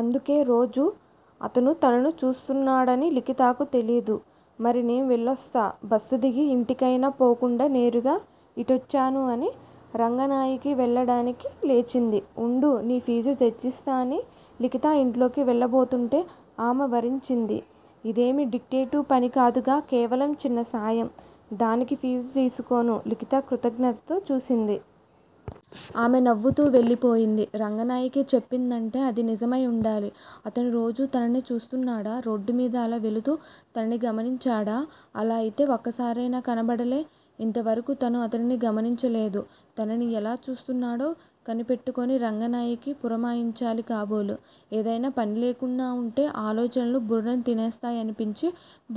అందుకే రోజూ అతను తనను చూస్తున్నాడని లిఖితాకు తెలీదు. మరి నే వెళ్ళొస్తా బస్సు దిగి ఇంటికైనా పోకుండా నేరుగా ఇటొచ్చాను అని రంగనాయకి వెళ్ళడానికి లేచింది. వుండు- నీ ఫీజు తెచ్చిస్తా అని లిఖితా ఇంట్లోకి వెళ్ళబోతుంటే ఆమె వరించింది. ఇదేమి డిటెక్టివ్ పని కాదుగా కేవలం చిన్న సాయం దానికి ఫీజు తీసుకోను లిఖిత కృతజ్ఞతతో చూసింది. ఆమె నవ్వుతూ వెళ్ళిపోయింది. రంగనాయకి చెప్పిందంటే అది నిజమై వుండాలి. అతను రోజూ తనను చూస్తున్నాడా? రోడ్డుమీద అలా వెళుతూ తనని గమనించాడా? అలా అయితే ఒక్కసారైనా కనబడలే. ఇంతవరకు తను అతనిని గమనించలేదు. తనని ఎలా చూస్తున్నాడో కనిపెట్టుకుని రంగనాయకి పురమాయించాలి కాబోలు. ఏదయినా పనిలేకుండా వుంటే ఆలోచనలు బుర్రను తినేస్తాయనిపించి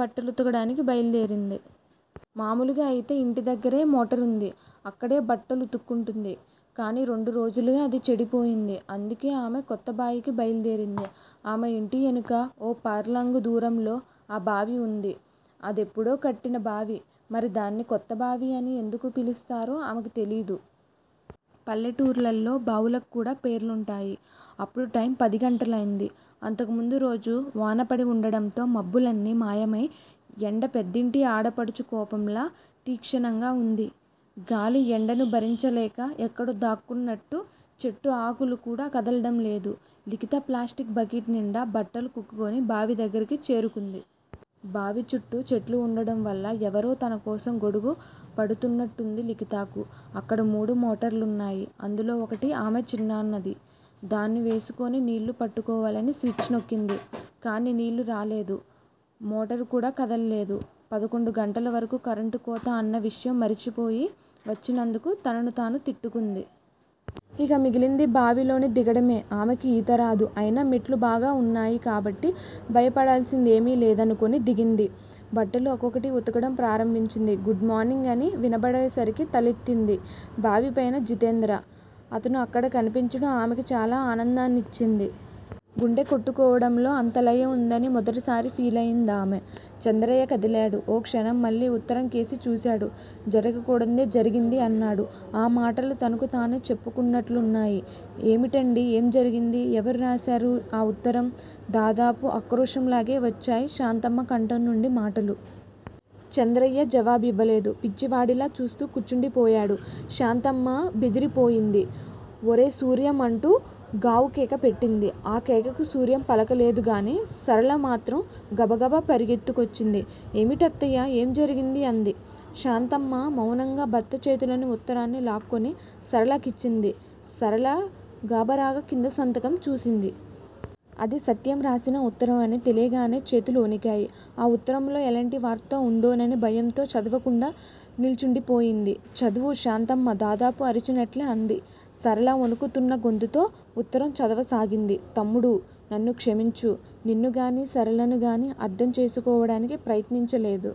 బట్టలుతకడానికి బయల్దేరింది. మామూలుగా అయితే ఇంటి దగ్గరే మోటరుంది. అక్కడే బట్టలు వుతుక్కుంటుంది. కానీ రెండు రోజులుగా అది చెడిపోయింది. అందుకే ఆమె కొత్తబాయికి బయల్దేరింది. ఆమె ఇంటియెనుక ఓ ఫార్లాంగు దూరంలో ఆ బావి వుంది. అదెప్పుడో కట్టిన బావి. మరి దాన్ని 'కొత్త బావి' అని ఎందుకు పిలుస్తారో ఆమెకు తెలీదు. పల్లెటూర్లల్లో బావులకు కూడా పేర్లుంటాయి. అప్పుడు టైమ్ పదిగంటలైంది. అంతకుముందు రోజు వానపడి వుండడంతో మబ్బులన్నీ మాయమై ఎండ పెద్దింటి ఆడపడుచు కోపంలా తీక్షణంగా వుంది. గాలి ఎండను భరించలేక ఎక్కడో దాక్కున్నట్టు చెట్టు ఆకులు కూడా కదలడం లేదు. లిఖిత ప్లాస్టిక్ బకెట్ నిండా బట్టలు కుక్కుకుని బావి దగ్గరికి చేరుకుంది. బావి చుట్టూ చెట్లు వుండడం వల్ల ఎవరో తనకోసం గొడుగు పడుతున్నట్టుంది లిఖితాకు. అక్కడ మూడు మోటర్లున్నాయి. అందులో ఒకటి ఆమె చిన్నాన్నది. దాన్ని వేసుకుని నీళ్ళు పట్టుకోవాలని స్విచ్ నొక్కింది కానీ నీళ్ళు రాలేదు. మోటరు కూడా కదల్లేదు. పదకొండు గంటల వరకు కరెంటు కోత అన్న విషయం మరిచిపోయి వచ్చినందుకు తనని తాను తిట్టుకుంది. ఇహ మిగిలింది బావిలోని దిగడమే. ఆమెకి ఈతరాదు. అయినా మెట్లు బాగా వున్నాయి కాబట్టి భయపడాల్సింది ఏమీ లేదనుకుని దిగింది. బట్టలు ఒక్కొక్కటి వుతకడం ప్రారంభించింది. గుడ్ మార్నింగ్ అని వినబడేసరికి తలెత్తింది. బావి పైన జితేంద్ర. అతను అక్కడ కనిపించడం ఆమెకి చాలా ఆనందాన్నిచ్చింది. గుండె కొట్టుకోవడంలో అంత లయ ఉందని మొదటిసారి ఫీలయ్యింద్ ఆమె. చంద్రయ్య కదిలాడు. ఓ క్షణం మళ్ళీ ఉత్తరంకేసి చూశాడు. జరగకూడందే జరిగింది! అన్నాడు. ఆ మాటలు తనకుతానే చెప్పుకుంటున్నట్లున్నాయి. ఏమిటండీ! ఏం జరిగింది? ఎవరు రాశారు ఆ ఉత్తరం? దాదాపు అక్రోశంలాగే వచ్చాయి శాంతమ్మ కంఠంనుండి మాటలు. చంద్రయ్య జవాబివ్వలేదు. పిచ్చివాడిలా చూస్తూ కుర్చుండిపోయాడు. శాంతమ్మ బెదిరిపోయింది. ఒరే సూర్యం! అంటూ గావుకేక పెట్టింది. ఆ కేకకు సూర్యం పలకలేదుగాని సరళమాత్రం గాబగబా పరుగెత్తుకొచ్చింది. ఏమిటత్తయ్యా, ఏం జరిగింది? అంది. శాంతమ్మ మౌనంగా భర్త చేతిలోని ఉత్తరాన్ని లాక్కొని సరళ కిచ్చింది. సరళ గాబరాగా కింద సంతకం చూసింది. అది సత్యం రాసిన ఉత్తరం అని తెలియగానే చేతులు వొణికాయి. ఆ ఉత్తరంలో ఎలాంటి వార్త ఉందోనని భయంతో చదవకుండా నిల్చుండిపోయింది. చదువు! శాంతమ్మ దాదాపు అరిచినట్లే అంది. సరళ వణుకుతున్న గొంతుతో ఉత్తరం చదవసాగింది: తమ్ముడూ! నన్ను క్షమించు. నిన్నుగానీ, సరళనుగానీ అర్ధం చేసుకోవడానికి ప్రయత్నించలేదు.